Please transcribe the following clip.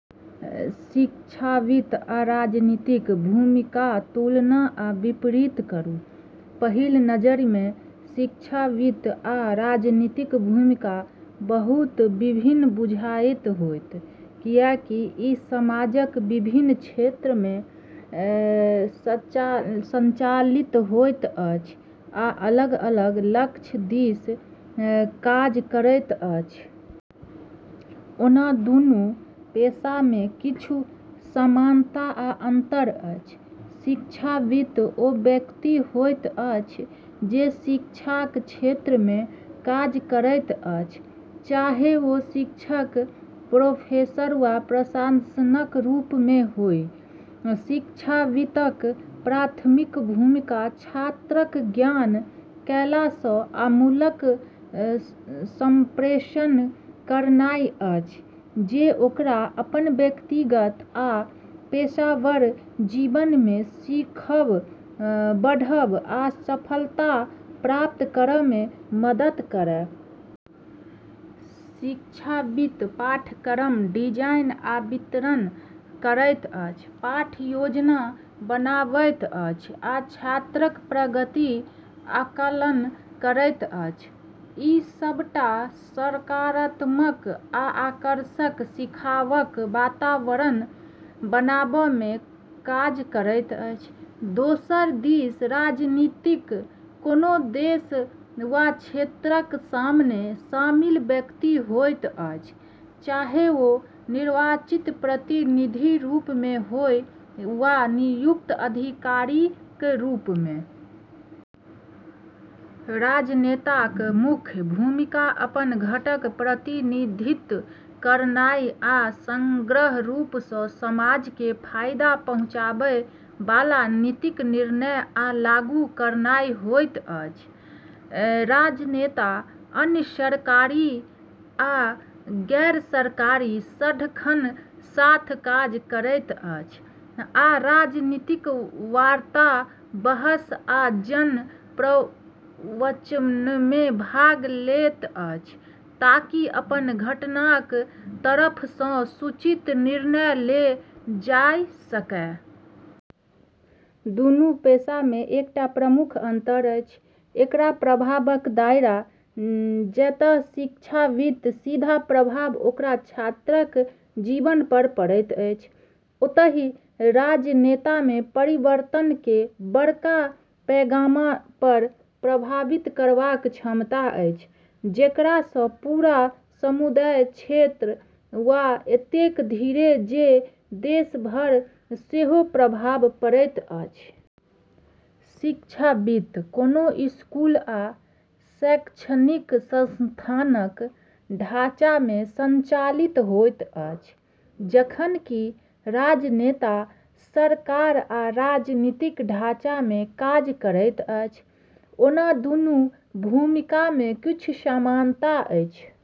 शिक्षाविद आ राजनीतिज्ञक भूमिकाक तुलना आ विपरीत करू। पहिल नजरिमे शिक्षाविद आ राजनीतिज्ञक भूमिका बहुत भिन्न बुझाइत होयत, किएकि ई समाजक विभिन्न क्षेत्रमे सञ्चालित होइत अछि आ अलग-अलग लक्ष्य दिस काज करैत अछि। ओना दूनू पेशामे किछु समानता आ अन्तर अछि। शिक्षाविद ओ व्यक्ति होइत अछि जे शिक्षाक क्षेत्रमे काज करैत अछि, चाहे ओ शिक्षक, प्रोफेसर वा प्रशासकक रूपमे होय। शिक्षाविदक प्राथमिक भूमिका छात्रक ज्ञान, कौशल आ मूल्यक सम्प्रेषण करनाइ अछि, जे ओकरा अपन व्यक्तिगत आ पेशेवर जीवनमे सिखब, बढ़ब आ सफलता प्राप्त करैमे मदद करय। शिक्षाविद पाठ्यक्रमक डिजाइन आ वितरण करैत अछि, पाठ योजना बनाबैत अछि, आ छात्रक प्रगतिक आकलन करैत अछि, ई सबटा सकारात्मक आ आकर्षक सिखबाक वातावरण बनाबैमे काज करैत अछि। दोसर दिस राजनीतिज्ञ कोनो देश वा क्षेत्रक शासनमे शामिल व्यक्ति होइत अछि, चाहे ओ निर्वाचित प्रतिनिधि रूपमे होय वा नियुक्त अधिकारीक रूपमे। राजनेताक मुख्य भूमिका अपन घटकक प्रतिनिधित्व करनाइ आ समग्र रूपसँ समाजकेँ फायदा पहुँचाबै वाला नीतिक निर्माण आ लागू करनाइ होइत अछि। राजनेता अन्य सरकारी आ गैर-सरकारी सङ्गठनक साथ काज करैत अछि आ राजनीतिक वार्ता, बहस आ जन-प्रवचनमे भाग लेत अछि, ताकि अपन घटकक तरफसँ सूचित निर्णय लेल जाय सकय। दूनू पेशामे एकटा प्रमुख अन्तर अछि एकर प्रभावक दायरा। जतय शिक्षाविदक सीधा प्रभाव ओकर छात्रक जीवनपर पड़ैत अछि, ओतही राजनेतामे परिवर्तनकेँ बड़का पैमानापर प्रभावित करबाक क्षमता अछि, जेकरासँ पूरा समुदाय, क्षेत्र, वा एतेक धरि जे देशपर सेहो प्रभाव पड़ैत अछि। शिक्षाविद कोनो स्कूल वा शैक्षणिक संस्थानक ढाँचामे सञ्चालित होइत छथि, जखन कि राजनेता सरकार आ राजनीतिक ढाँचामे काज करैत छथि। ओना दूनू भूमिकामे किछु समानता अछि।